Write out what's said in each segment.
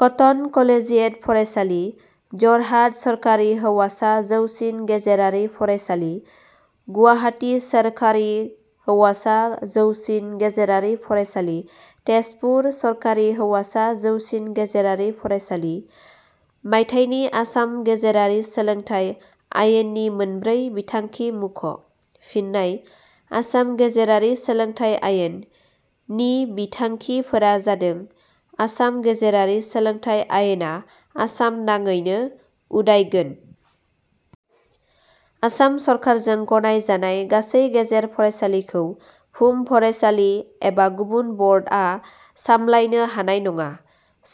Cotton Collegiate फरायसालि। जरहाट सरकारि हौवासा जौसिन गेजेरारि फरायसालि। गुवाहाटि सरकारि हौवासा जौसिन गेजेरारि फरायसालि। टेजपुर सरकारि हौवासा जौसिन गेजेरारि फरायसालि।. मायथाइनि आसाम गेजेरारि सोलोंथाइ आयेननि मोनब्रै बिथांखि मुख'। फिन्नाय: आसाम गेजेरारि सोलोंथाइ आयेन, नि बिथांखि फोरा जादों: आसाम गेजेरारि सोलोंथाइ आयेन आ आसाम नाङैनो उदायगोन। आसाम सरकारजों गनाय जानाय गासै गेजेर फरायसालिखौ भुम फरायसालि एबा गुबुन बर्ड आ सामलायनो हानाय नङा।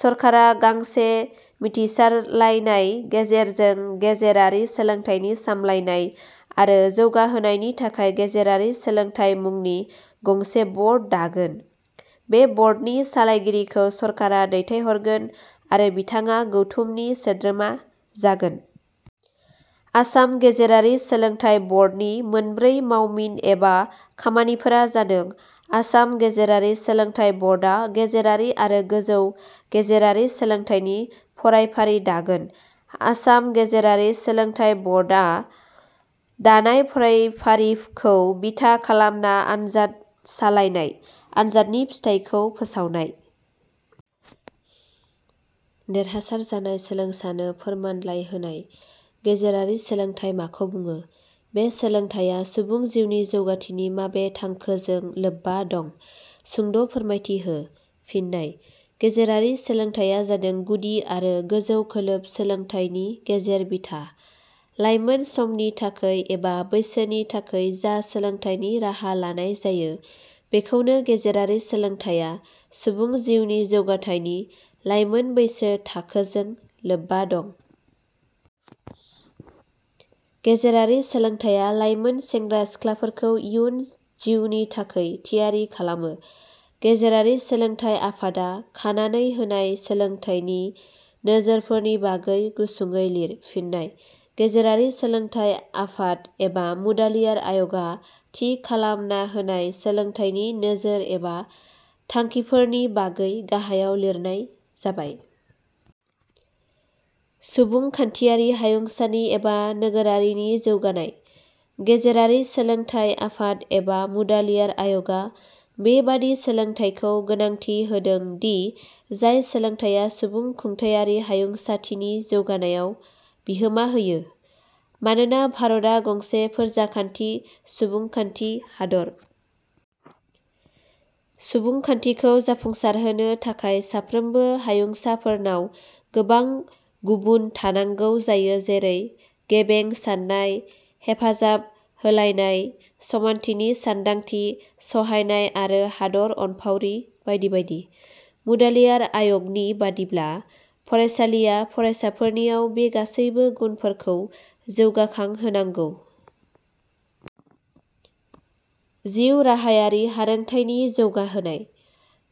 सरकारा गांसे मिथिसारलायनाय गेजेरजों गेजेरारि सोलोंथाइनि सामलायनाय, आरो जौगाहोनायनि थाखाय गेजेरारि सोलोंथाइ मुंनि गंसे बर्ड दागोन। बे बर्डनि सालायगिरिखौ सरकारा दैथायहरगोन आरो बिथाङा गौथुमनि सोद्रोमा जागोन। आसाम गेजेरारि सोलोंथाइ बर्डनि मोनब्रै मावमिन एबा खामानिफोरा जादों: आसाम गेजेरारि सोलोंथाइ बर्डआ गेजेरारि आरो गोजौ गेजेरारि सोलोंथाइनि फरायफारि दागोन। आसाम गेजेरारि सोलोंथाइ बर्डाआ दानाय फरायफारिखौ बिथा खालामना आनजाद सालायनाय। आनजादनि फिथायखौ फोसावनाय। देरहासार जानाय सोलोंसानो फोरमानलाइ होनाय।.गेजेरारि सोलोंथाइ माखौ बुङो? बे सोलोंथाइया सुबुं जिउनि जौगाथिनि माबे थांखोजों लोबबा दं? सुंद ' फोरमायथि हो। फिन्नाय: गेजेरारि सोलोंथाइया जादों गुदि आरो गोजौ खोलोब सोलोंथाइनि गेजेर बिथा। लाइमोन समनि थाखै एबा बैसोनि थाखै जा सोलोंथाइनि राहा लानाय जायो बेखौनो गेजेरारि सोलोंथाइया सुबुं जिउनि जौगाथाइनि लाइमोन बैसो थाखोजों लोबबा दं। गेजेरारि सोलोंथाइया लाइमोन सेंग्रा सिख्लाफोरखौ इयुन जिउनि थाखै थियारि खालामो।.गेजेरारि सोलोंथाइ आफादा खानानै होनाय सोलोंथाइनि नोजोरफोरनि बागै गुसुङैलिर। फिन्नाय: गेजेरारि सोलोंथाइ आफाद - एबा मुडालियार आय 'गा थि खालामना होनाय सोलोंथाइनि नोजोर एबा थांखिफोरनि बागै गाहायाव लिरनाय जाबाय:. सुबुंखान्थियारि हायुंसानि एबा नोगोरारिनि जौगानाय: गेजेरारि सोलोंथाइ आफाद एबा मुडालियार आय 'गा बे बादि सोलोंथाइखौ गोनांथि होदों दि जाय सोलोंथाइया सुबुं खुंथायारि हायुंसाथिनि जौगानायाव बिहोमा होयो। मानोना भारता गंसे फोरजाखान्थि सुबुंखान्थि हादर। सुबुंखान्थिखौ जाफुंसारहोनो थाखाय साफ्रोमबो हायुंसाफोरनाव गोबां गुबुन थानांगौ जायो जेरै – गेबें साननाय, हेफाजाबहोलायनाय, समानथिनि सानदांथि, सहायनाय आरो हादर अनफावरि बायदि बायदि। मुडालियार आय 'गनि बादिब्ला, फरायसालिया फरायसाफोरनियाव बे गासैबो गुनफोरखौ जौगाखां होनांगौ।. जिउ राहायारि हारोंथाइनि जौगाहोनाय: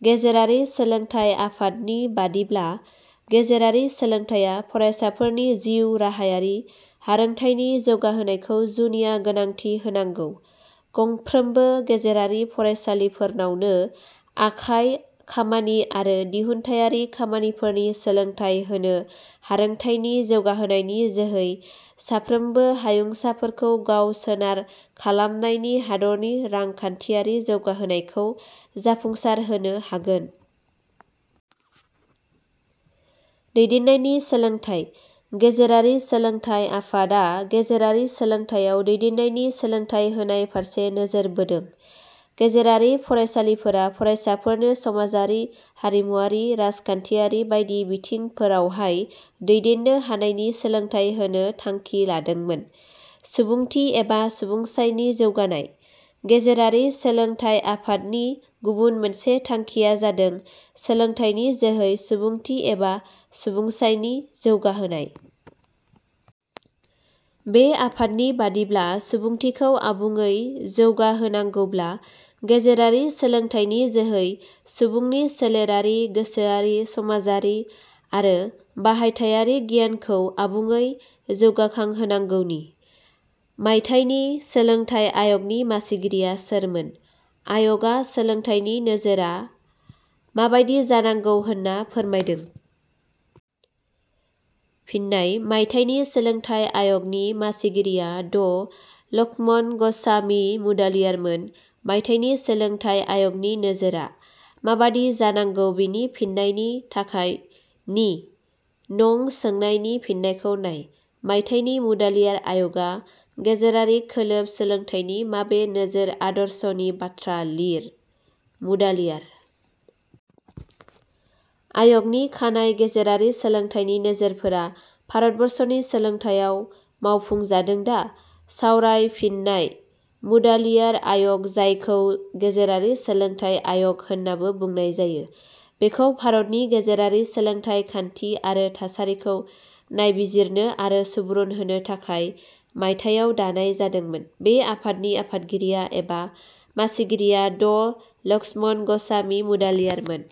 गेजेरारि सोलोंथाइ आफाद - नि बादिब्ला गेजेरारि सोलोंथाइया फरायसाफोरनि जिउ राहायारि हारोंथाइनि जौगाहोनायखौ जुनिया गोनांथि होनांगौ। गंफ्रोमबो गेजेरारि फरायसालिफोरावनो आखाइ खामानि आरो दिहुनथायारि खामानिफोरनि सोलोंथाइ होनो हारोंथाइनि जौगाहोनायनि जोहै साफ्रोमबो हायुंसाफोरखौ गाव सोनार खालामनानै हादरनि रांखान्थियारि जौगानायखौ जाफुंसार होनो हागोन।. दैदेननायनि सोलोंथाइ :गेजेरारि सोलोंथाइ आफाद - आ गेजेरारि सोलोंथाइयाव दैदेननायनि सोलोंथाइ होनाय फारसे नोजोर बोदों। गेजेरारि फरायसालिफोरा फरायसाफोरनो समाजारि, हारिमुवारि, राजखान्थियारि बायदि बिथिं फोरावहाय दैदेननो हानायनि सोलोंथाइ होनो थांखि लादोंमोन।. सुबुंथि एबा सुबुंसायनि जौगानाय: गेजेरारि सोलोंथाइ आफाद - नि गुबुन मोनसे थांखिया जादों सोलोंथाइनि जोहै सुबुंथि एबा सुबुंसायनि जौगाहोनाय। बे आफादनि बादिब्ला सुबुंथिखौ आबुङै जौगाहो- नांगौब्ला गेजेरारि सोलोंथाइनि जोहै सुबुंनि सोलेरारि, गोसोआरि, समाजारि आरो बाहायथायारि गियानखौ आबुङै जौगाखांहोनांगौनि।. - मायथाइनि सोलोंथाइ आय 'गनि मासिगिरिया सोरमोन? आय 'गा सोलोंथाइनि नोजोरा माबायदि जानांगौ होनना फोरमायदों? फिन्नाय: - मायथाइनि सोलोंथाइ आय 'गनि मासिगिरिया ड लक्षमणस्वामि मुडालियार मोन। - मायथाइनि सोलोंथाइ आय 'गनि नोजोरा। माबादि जानांगौ बेनि फिननायनि थाखाय नि नं सोंनायनि फिननायखौ नाय।. - मायथाइनि मुडालियार आय 'गा गेजेरारि खोलोब सोलोंथाइनि माबे नोजोर आदर्शनि बाथ्रा लिर।.मुडालियार आय 'गनि खानाय गेजेरारि सोलोंथाइनि नोजोरफोरा भारतबर्षनि सोलोंथाइयाव मावफुंजादों दा। सावराय। फिन्नाय: मुडालियार आयग जायखौ गेजेरारि सोलोंथाइ आय'ग - होननाबो बुंनाय जायो, बेखौ भारतनि गेजेरारि सोलोंथाइ खान्थि आरो थासारिखौ नायबिजिरनो आरो सुबुरुन होनो थाखाय मायथाइयाव दानाय जादोंमोन। बे आफादनि आफादगिरिया एबा मासिगिरिया ड लक्षमणस्वामि मुडालियार मोन।